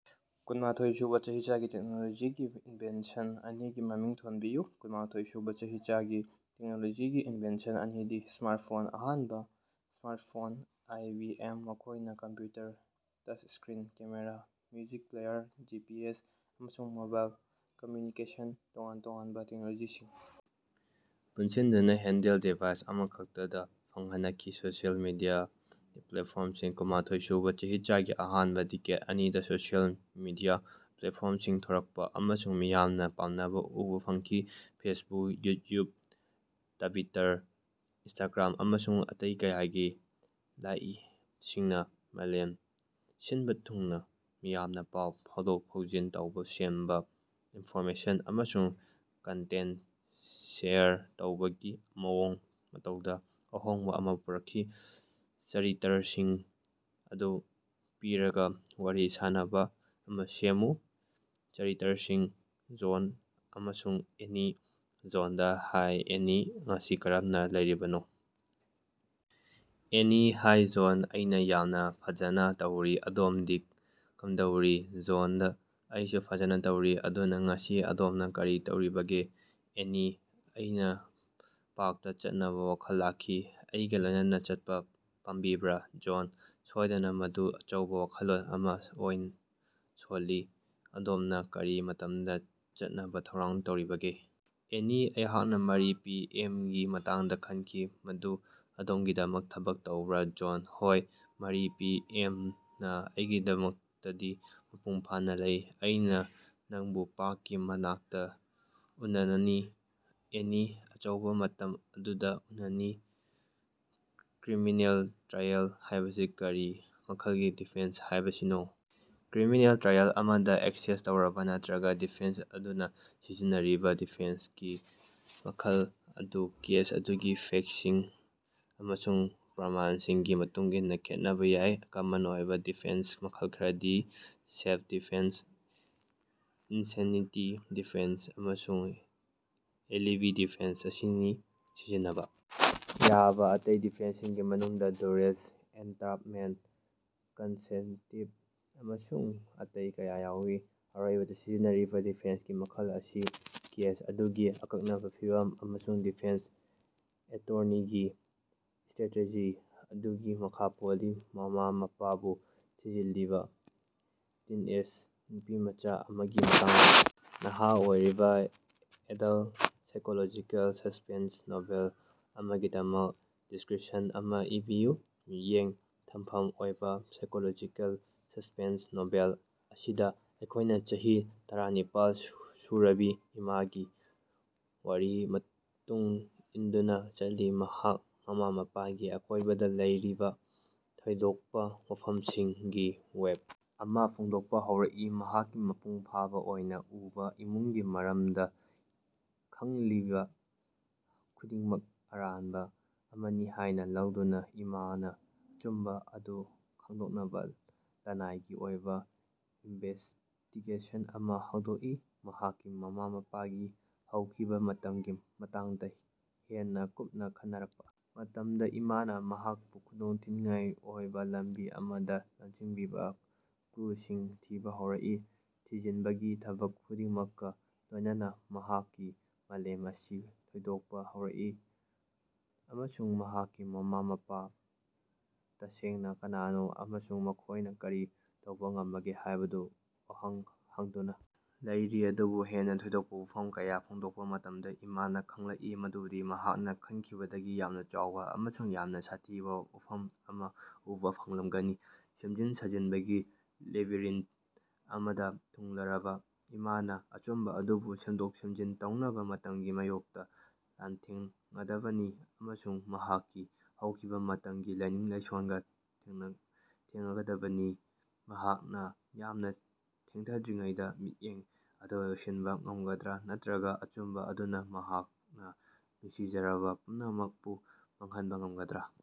ꯀꯨꯟꯃꯊꯣꯏꯁꯨꯕ ꯆꯍꯤꯆꯥꯒꯤ ꯇꯦꯛꯅꯣꯂꯣꯖꯤꯒꯤ ꯏꯟꯚꯦꯟꯁꯟ ꯑꯅꯤꯒꯤ ꯃꯃꯤꯡ ꯊꯣꯟꯕꯤꯌꯨ꯫ ꯀꯨꯟꯃꯊꯣꯏꯁꯨꯕ ꯆꯍꯤꯆꯥꯒꯤ ꯇꯦꯛꯅꯣꯂꯣꯖꯤꯒꯤ ꯏꯟꯚꯦꯟꯁꯟ ꯑꯅꯤꯗꯤ: ꯁ꯭ꯃꯥꯔꯠꯐꯣꯟ: ꯑꯍꯥꯟꯕ ꯁ꯭ꯃꯥꯔꯠꯐꯣꯟ ꯑꯥꯏ. ꯕꯤ. ꯑꯦꯝ. ꯃꯈꯣꯏꯅ computer, touchscreen, camera, music player, G. P. S., ꯑꯃꯁꯨꯡ ꯃꯣꯕꯥꯏꯜ ꯀꯝꯝꯌꯨꯅꯤꯀꯦꯁꯟꯒꯨꯝꯕ ꯇꯣꯉꯥꯟ ꯇꯣꯉꯥꯟꯕ ꯇꯦꯛꯅꯣꯂꯣꯖꯤꯁꯤꯡ ꯄꯨꯟꯁꯤꯟꯗꯨꯅ ꯍꯦꯟꯙꯦꯜꯗ ꯗꯤꯚꯥꯏꯁ ꯑꯃꯈꯛꯇꯗ ꯐꯪꯍꯅꯈꯤ꯫ ꯁꯣꯁꯤꯌꯦꯜ ꯃꯤꯗꯤꯌꯥ ꯄ꯭ꯂꯦꯠꯐꯣꯔꯝꯁꯤꯡ: ꯀꯨꯟꯃꯊꯣꯏꯁꯨꯕ ꯆꯍꯤꯆꯥꯒꯤ ꯑꯍꯥꯟꯕ ꯗꯤꯀꯦꯗ ꯑꯅꯤꯗ ꯁꯣꯁꯤꯌꯦꯜ ꯃꯤꯗꯤꯌꯥ ꯄ꯭ꯂꯦꯠꯐꯣꯔꯝꯁꯤꯡ ꯊꯣꯔꯛꯄ ꯑꯃꯁꯨꯡ ꯃꯤꯌꯥꯝꯅ ꯄꯥꯝꯅꯕ ꯎꯕ ꯐꯪꯈꯤ꯫ ꯐꯦꯁꯕꯨꯛ, ꯌꯨꯠꯌꯨꯕ, ꯇ꯭ꯕꯤꯇꯔ, ꯏꯟꯁꯇꯥꯒ꯭ꯔꯥꯝ, ꯑꯃꯁꯨꯡ ꯑꯇꯩ ꯀꯌꯥꯒꯤ ꯂꯥꯏꯛꯁꯤꯡꯅ ꯃꯥꯂꯦꯝ ꯁꯤꯟꯕ ꯊꯨꯡꯅ ꯃꯤꯌꯥꯝꯅ ꯄꯥꯎ ꯐꯥꯎꯗꯣꯛ-ꯐꯥꯎꯖꯤꯟ ꯇꯧꯕ, ꯁꯦꯝꯕ, ꯏꯟꯐꯣꯔꯃꯦꯁꯟ ꯑꯃꯁꯨꯡ ꯀꯟꯇꯦꯟꯇ ꯁꯦꯌꯔ ꯇꯧꯕꯒꯤ ꯃꯑꯣꯡ-ꯃꯇꯧꯗ ꯑꯍꯣꯡꯕ ꯑꯃ ꯄꯨꯔꯛꯈꯤ꯫ ꯆꯔꯤꯇꯔꯁꯤꯡ ꯑꯗꯨ ꯄꯤꯔꯒꯥ, ꯋꯥꯔꯤ ꯁꯥꯟꯅꯕ ꯑꯃ ꯁꯦꯝꯃꯨ꯫ ꯆꯔꯤꯇꯔꯁꯤꯡ: ꯖꯣꯟ ꯑꯃꯁꯨꯡ ꯑꯦꯅꯤ꯫ ꯖꯣꯟꯗꯥ: ꯍꯥꯏ ꯑꯦꯟꯅꯤ, ꯉꯁꯤ ꯀꯔꯝꯅ ꯂꯩꯔꯤꯕꯅꯣ? ꯑꯦꯟꯅꯤ: ꯍꯥꯏ ꯖꯣꯟ, ꯑꯩꯅ ꯌꯥꯝꯅ ꯐꯖꯅ ꯇꯧꯔꯤ꯫ ꯑꯗꯣꯝꯗꯤ ꯀꯝꯗꯧꯔꯤ? ꯖꯣꯟꯗꯥ: ꯑꯩꯁꯨ ꯐꯖꯅ ꯇꯧꯔꯤ꯫ ꯑꯗꯨꯅ, ꯉꯁꯤ ꯑꯗꯣꯝꯅ ꯀꯔꯤ ꯇꯧꯔꯤꯕꯒꯦ? ꯑꯦꯟꯅꯤ: ꯑꯩꯅ ꯄꯥꯔꯛꯇ ꯆꯠꯅꯕ ꯋꯥꯈꯜ ꯂꯥꯛꯈꯤ꯫ ꯑꯩꯒ ꯂꯣꯏꯅꯅ ꯆꯠꯄ ꯄꯥꯝꯕꯤꯕ꯭ꯔꯥ? ꯖꯣꯟ: ꯁꯣꯏꯗꯅ, ꯃꯗꯨ ꯑꯆꯧꯕꯥ ꯋꯥꯈꯜꯂꯣꯟ ꯑꯃ ꯑꯣꯏꯅ ꯁꯣꯜꯂꯤ꯫ ꯑꯗꯣꯝꯅ ꯀꯔꯤ ꯃꯇꯝꯗ ꯆꯠꯅꯕ ꯊꯧꯔꯥꯡ ꯇꯧꯔꯤꯕꯒꯦ? ꯑꯦꯟꯅꯤ: ꯑꯩꯍꯥꯛꯅꯥ ꯃꯔꯤ ꯄꯤ. ꯑꯦꯝ. ꯒꯤ ꯃꯇꯥꯡꯗ ꯈꯟꯈꯤ꯫ ꯃꯗꯨ ꯑꯗꯣꯃꯒꯤꯗꯃꯛ ꯊꯕꯛ ꯇꯧꯕꯔꯥ? ꯖꯣꯟ: ꯍꯣꯌ, ꯃꯔꯤ ꯄꯤ. ꯑꯦꯝ. ꯅ ꯑꯩꯒꯤꯗꯃꯛꯇꯗꯤ ꯃꯄꯨꯡ ꯐꯥꯅ ꯂꯩ꯫ ꯑꯩꯅ ꯅꯪꯕꯨ ꯄꯥꯔꯛꯀꯤ ꯃꯅꯥꯛꯇ ꯎꯅꯅꯤ꯫ ꯑꯦꯟꯅꯤ: ꯑꯆꯧꯕꯥ, ꯃꯇꯝ ꯑꯗꯨꯗ ꯎꯅꯅꯤ! ꯀ꯭ꯔꯤꯃꯤꯅꯦꯜ ꯇ꯭ꯔꯥꯏꯑꯦꯜ ꯍꯥꯏꯕꯁꯤ ꯀꯔꯤ ꯃꯈꯜꯒꯤ ꯗꯤꯐꯦꯟꯁ ꯍꯥꯏꯕꯁꯤꯅꯣ? ꯀ꯭ꯔꯤꯃꯤꯅꯦꯜ ꯇ꯭ꯔꯥꯏꯑꯦꯜ ꯑꯃꯗ, ꯑꯦꯛꯁꯦꯁ ꯇꯧꯔꯕ ꯅꯠꯇ꯭ꯔꯒ ꯗꯤꯐꯦꯟꯁ ꯑꯗꯨꯅ ꯁꯤꯖꯤꯟꯅꯔꯤꯕ ꯗꯤꯐꯦꯟꯁꯀꯤ ꯃꯈꯜ ꯑꯗꯨ ꯀꯦꯁ ꯑꯗꯨꯒꯤ ꯐꯦꯛꯇꯁꯤꯡ ꯑꯃꯁꯨꯡ ꯄ꯭ꯔꯃꯥꯟꯁꯤꯡꯒꯤ ꯃꯇꯨꯡꯏꯟꯅ ꯈꯦꯠꯅꯕ ꯌꯥꯏ꯫ ꯀꯃꯟ ꯑꯣꯏꯕ ꯗꯤꯐꯦꯟꯁ ꯃꯈꯜ ꯈꯔꯗꯤ ꯁꯦꯜꯐ-ꯗꯤꯐꯦꯟꯁ, ꯏꯟꯁꯦꯟꯅꯤꯇꯤ ꯗꯤꯐꯦꯟꯁ ꯑꯃꯁꯨꯡ ꯑꯦꯂꯤꯕꯤ ꯗꯤꯐꯦꯟꯁ ꯑꯁꯤꯅꯤ꯫ ꯁꯤꯖꯤꯟꯅꯕ ꯌꯥꯕ ꯑꯇꯩ ꯗꯤꯐꯦꯟꯁꯁꯤꯡꯒꯤ ꯃꯅꯨꯡꯗ ꯗꯨꯔꯦꯁ, ꯑꯦꯟꯇꯔꯥꯞꯃꯦꯟꯇ, ꯀꯟꯁꯦꯟꯇꯤꯚ ꯑꯃꯁꯨꯡ ꯑꯇꯩ ꯀꯌꯥ ꯌꯥꯎꯏ꯫ ꯑꯔꯣꯏꯕꯗ, ꯁꯤꯖꯤꯟꯅꯔꯤꯕ ꯗꯤꯐꯦꯟꯁꯀꯤ ꯃꯈꯜ ꯑꯁꯤ ꯀꯦꯁ ꯑꯗꯨꯒꯤ ꯑꯀꯛꯅꯕ ꯐꯤꯚꯝ ꯑꯃꯁꯨꯡ ꯗꯤꯐꯦꯟꯁ ꯑꯦꯇꯣꯔꯅꯤꯒꯤ ꯏꯁꯇꯔꯦꯇꯦꯖꯤ ꯑꯗꯨꯒꯤ ꯃꯈꯥ ꯄꯣꯜꯂꯤ꯫ ꯃꯃꯥ-ꯃꯄꯥꯕꯨ ꯊꯤꯖꯤꯜꯂꯤꯕ ꯇꯤꯟꯑꯦꯖ ꯅꯨꯄꯤꯃꯆꯥ ꯑꯃꯒꯤ ꯃꯇꯥꯡꯗ ꯅꯍꯥ ꯑꯣꯏꯔꯤꯕ ꯑꯦꯗꯜꯇ ꯁꯥꯏꯀꯣꯂꯣꯖꯤꯀꯦꯜ ꯁꯁ꯭ꯄꯦꯟꯁ ꯅꯣꯚꯦꯜ ꯑꯃꯒꯤꯗꯃꯛ ꯗꯤꯁ꯭ꯀꯔꯤꯄꯁꯟ ꯑꯃ ꯏꯕꯤꯌꯨ꯫ ꯃꯤꯠꯌꯦꯡ ꯊꯝꯐꯝ ꯑꯣꯏꯕ ꯁꯥꯏꯀꯣꯂꯣꯖꯤꯀꯦꯜ ꯁꯁ꯭ꯄꯦꯟꯁ ꯅꯣꯚꯦꯜ ꯑꯁꯤꯗ ꯑꯩꯈꯣꯏꯅ ꯆꯍꯤ ꯇꯔꯥꯅꯤꯄꯥꯜ ꯁꯨꯔꯕꯤ ꯏꯃꯥꯒꯤ ꯋꯥꯔꯤ ꯇꯨꯡ ꯏꯟꯗꯨꯅ ꯆꯠꯂꯤ, ꯃꯍꯥꯛ ꯃꯃꯥ-ꯃꯄꯥꯒꯤ ꯑꯀꯣꯏꯕꯗ ꯂꯩꯔꯤꯕ ꯊꯣꯏꯗꯣꯛꯄ ꯋꯥꯐꯝꯁꯤꯡꯒꯤ ꯋꯦꯕ ꯑꯃ ꯐꯣꯡꯗꯣꯛꯄ ꯍꯧꯔꯛꯏ꯫ ꯃꯍꯥꯛꯀꯤ ꯃꯄꯨꯡ ꯐꯥꯕ ꯑꯣꯏꯅꯥ ꯎꯕ ꯏꯃꯨꯡꯒꯤ ꯃꯔꯝꯗ ꯈꯪꯂꯤꯕ ꯈꯨꯗꯤꯡꯃꯛ ꯑꯔꯥꯟꯕ ꯑꯃꯅꯤ ꯍꯥꯏꯅ ꯂꯧꯗꯨꯅ ꯏꯃꯥꯅ ꯑꯆꯨꯝꯕ ꯑꯗꯨ ꯈꯪꯗꯣꯛꯅꯕ ꯂꯅꯥꯏꯒꯤ ꯑꯣꯏꯕ ꯏꯟꯚꯦꯁ꯭ꯇꯤꯒꯦꯁꯟ ꯑꯃ ꯍꯧꯗꯣꯛꯏ꯫ ꯃꯍꯥꯛꯀꯤ ꯃꯃꯥ-ꯃꯄꯥꯒꯤ ꯍꯧꯈꯤꯕꯥ ꯃꯇꯝꯒꯤ ꯃꯇꯥꯡꯗ ꯍꯦꯟꯅ ꯀꯨꯞꯅ ꯈꯟꯅꯔꯛꯄ ꯃꯇꯝꯗ, ꯏꯃꯥꯅ ꯃꯍꯥꯛꯄꯨ ꯈꯨꯗꯣꯡꯊꯤꯅꯤꯡꯉꯥꯏ ꯑꯣꯏꯕ ꯂꯝꯕꯤ ꯑꯃꯗ ꯂꯝꯖꯤꯡꯕꯤꯕ ꯀ꯭ꯂꯨꯁꯤꯡ ꯊꯤꯕ ꯍꯧꯔꯛꯏ꯫ ꯊꯤꯖꯤꯟꯕꯒꯤ ꯊꯕꯛ ꯈꯨꯗꯤꯡꯃꯛꯀꯥ ꯂꯣꯏꯅꯅ ꯃꯍꯥꯛꯀꯤ ꯃꯥꯂꯦꯝ ꯑꯁꯤ ꯊꯣꯏꯗꯣꯛꯄ ꯍꯧꯔꯛꯏ, ꯑꯃꯁꯨꯡ ꯃꯍꯥꯛꯀꯤ ꯃꯃꯥ-ꯃꯄꯥ ꯇꯁꯦꯡꯅ ꯀꯅꯥꯅꯣ ꯑꯃꯁꯨꯡ ꯃꯈꯣꯏꯅ ꯀꯔꯤ ꯇꯧꯕ ꯉꯝꯕꯒꯦ ꯍꯥꯏꯕꯗꯨ ꯋꯥꯍꯪ ꯍꯪꯗꯨꯅ ꯂꯩꯔꯤ꯫ ꯑꯗꯨꯕꯨ ꯍꯦꯟꯅ ꯊꯣꯏꯗꯣꯛꯄ ꯋꯥꯐꯝ ꯀꯌꯥ ꯐꯣꯡꯗꯣꯛꯄ ꯃꯇꯝꯗ, ꯏꯃꯥꯅ ꯈꯪꯂꯛꯏ ꯃꯗꯨꯗꯤ ꯃꯍꯥꯛꯅ ꯈꯟꯈꯤꯕꯗꯒꯤ ꯌꯥꯝꯅ ꯆꯥꯎꯕ ꯑꯃꯁꯨꯡ ꯌꯥꯝꯅ ꯁꯥꯊꯤꯕ ꯋꯥꯐꯝ ꯑꯃ ꯎꯕ ꯐꯪꯂꯝꯒꯅꯤ꯫ ꯁꯦꯝꯖꯤꯟ ꯁꯥꯖꯤꯟꯕꯒꯤ ꯂꯦꯕꯤꯔꯤꯟꯊ ꯑꯃꯗ ꯊꯨꯡꯂꯔꯕ ꯏꯃꯥꯅ ꯑꯆꯨꯝꯕ ꯑꯗꯨꯕꯨ ꯁꯦꯝꯗꯣꯛ-ꯁꯦꯝꯖꯤꯟ ꯇꯧꯅꯕ ꯃꯇꯝꯒꯤ ꯃꯥꯌꯣꯛꯇ ꯂꯥꯟꯊꯦꯡꯉꯗꯕꯅꯤ, ꯑꯃꯁꯨꯡ ꯃꯍꯥꯛꯀꯤ ꯍꯧꯈꯤꯕ ꯃꯇꯝꯒꯤ ꯂꯥꯏꯅꯤꯡ-ꯂꯥꯏꯁꯣꯟꯒꯥ ꯊꯦꯡꯉꯗꯕꯅꯤ꯫ ꯃꯍꯥꯛꯅꯥ ꯌꯥꯝꯅꯥ ꯊꯦꯡꯊꯗ꯭ꯔꯤꯉꯩꯗꯥ ꯃꯤꯠꯌꯦꯡ ꯑꯗꯨ ꯂꯣꯏꯁꯤꯟꯕ ꯉꯝꯒꯗ꯭ꯔꯥ ꯅꯠꯇ꯭ꯔꯒꯥ ꯑꯆꯨꯝꯕ ꯑꯗꯨꯅ ꯃꯍꯥꯛꯅ ꯅꯨꯡꯁꯤꯖꯔꯕ ꯄꯨꯝꯅꯃꯛꯄꯨ ꯃꯥꯡꯍꯟꯕ ꯉꯝꯒꯗ꯭ꯔꯥ?